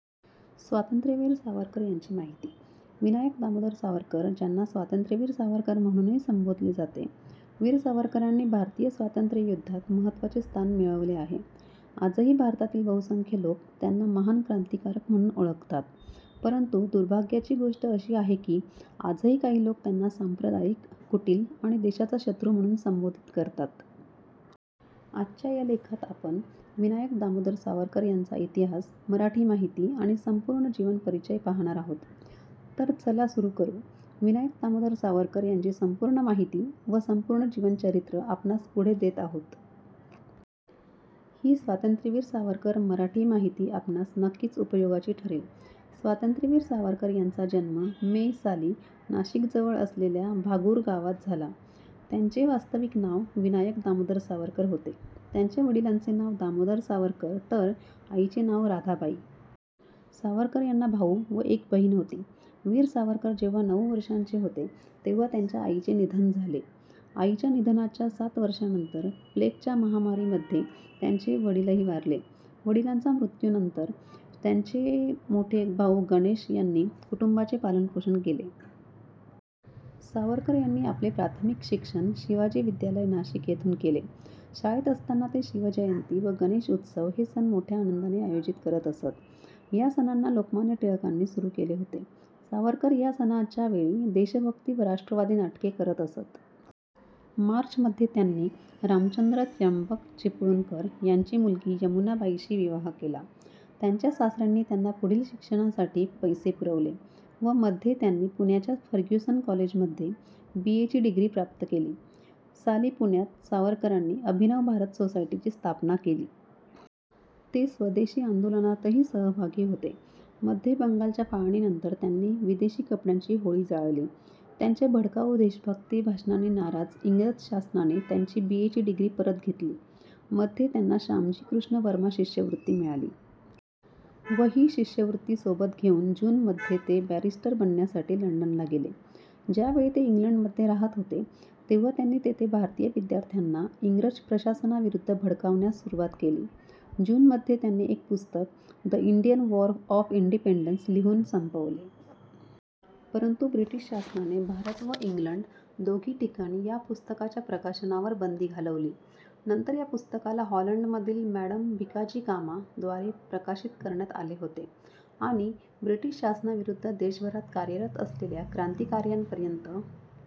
स्वातंत्र्यवीर सावरकर यांची माहिती -: विनायक दामोदर सावरकर ज्यांना स्वातंत्र्यवीर सावरकर म्हणूनही संबोधले जाते. वीर सावरकरांनी भारतीय स्वातंत्र्य युद्धात महत्वाचे स्थान मिळवले आहे. आजही भारतातील बहुसंख्य लोक त्यांना महान क्रांतिकारक म्हणून ओळखतात. परंतु दुर्भाग्याची गोष्ट अशी आहे की आजही काही लोक त्यांना सांप्रदायिक, कुटील आणि देशाचा शत्रू म्हणून संबोधित करतात. आजच्या या लेखात आपण विनायक दामोदर सावरकर यांचा इतिहास, मराठी माहिती आणि संपूर्ण जीवन परिचय पाहणार आहोत. तर चला सुरू करू... विनायक दामोदर सावरकर यांची संपूर्ण माहिती व संपूर्ण जीवन चरित्र आपणास पुढे देत आहोत. ही स्वातंत्र्यवीर सावरकर मराठी माहिती आपणास नक्कीच उपयोगाची ठरेल. स्वातंत्र्यवीर सावरकर यांचा जन्म मे साली नाशिक जवळ असलेल्या भागुर गावात झाला. त्यांचे वास्तविक नाव विनायक दामोदर सावरकर होते. त्यांच्या वडिलांचे नाव दामोदर सावरकर तर आईचे नाव राधाबाई. सावरकर यांना भाऊ व एक बहिण होती. वीर सावरकर जेव्हा नऊ वर्षाचे होते तेव्हा त्यांच्या आईचे निधन झाले. आईच्या निधनाच्या सात वर्षानंतर प्लेग च्या महामारी मध्ये त्यांचे वडीलही वारले. वडिलांचा मृत्यू नंतर त्यांचे मोठे भाऊ गणेश यांनी कुटुंबाचे पालनपोषण केले. सावरकर यांनी आपले प्राथमिक शिक्षण शिवाजी विद्यालय, नाशिक येथून केले. शाळेत असताना ते शिवजयंती व गणेश उत्सव हे सण मोठ्या आनंदाने आयोजित करत असत. या सणांना लोकमान्य टिळकांनी सुरू केले होते. सावरकर या सणाच्या वेळी देशभक्ती व राष्ट्रवादी नाटके करत असत. मार्च मध्ये त्यांनी रामचंद्र त्र्यंबक चिपळूणकर यांची मुलगी यमुनाबाई शी विवाह केला. त्यांच्या सासऱ्यानी त्यांना पुढील शिक्षणासाठी पैसे पुरवले. व मध्ये त्यांनी पुण्याच्या फर्ग्युसन कॉलेजमध्ये बीए ची डिग्री प्राप्त केली. साली पुण्यात सावरकरांनी अभिनव भारत सोसायटीची स्थापना केली. ते स्वदेशी आंदोलनातही सहभागी होते. मध्ये बंगालच्या फाळणीनंतर त्यांनी विदेशी कपड्यांची होळी जाळली. त्यांच्या भडकाऊ देशभक्ती भाषणांनी नाराज, इंग्रज शासनाने त्यांची बी ए ची डिग्री परत घेतली. मध्ये त्यांना श्यामजी कृष्ण वर्मा शिष्यवृत्ती मिळाली. व ही शिष्यवृत्ती सोबत घेऊन जून मध्ये ते बॅरिस्टर बनण्यासाठी लंडनला गेले. ज्यावेळी ते इंग्लंड मध्ये राहत होते तेव्हा त्यांनी तेथे भारतीय विद्यार्थ्यांना इंग्रज प्रशासनाविरुद्ध भडकावण्यास सुरुवात केली. जून मध्ये त्यांनी एक पुस्तक ' the Indian war of independence ' लिहून संपवले. परंतु ब्रिटिश शासनाने भारत व इंग्लंड दोघी ठिकाणी या पुस्तकाच्या प्रकाशनावर बंदी घालवली. नंतर या पुस्तकाला हॉलंड मधील मॅडम भीकाजिकामा द्वारे प्रकाशित करण्यात आले होते. आणि ब्रिटिश शासनाविरुद्ध देशभरात कार्यरत असलेल्या क्रांतिकार्या पर्यंत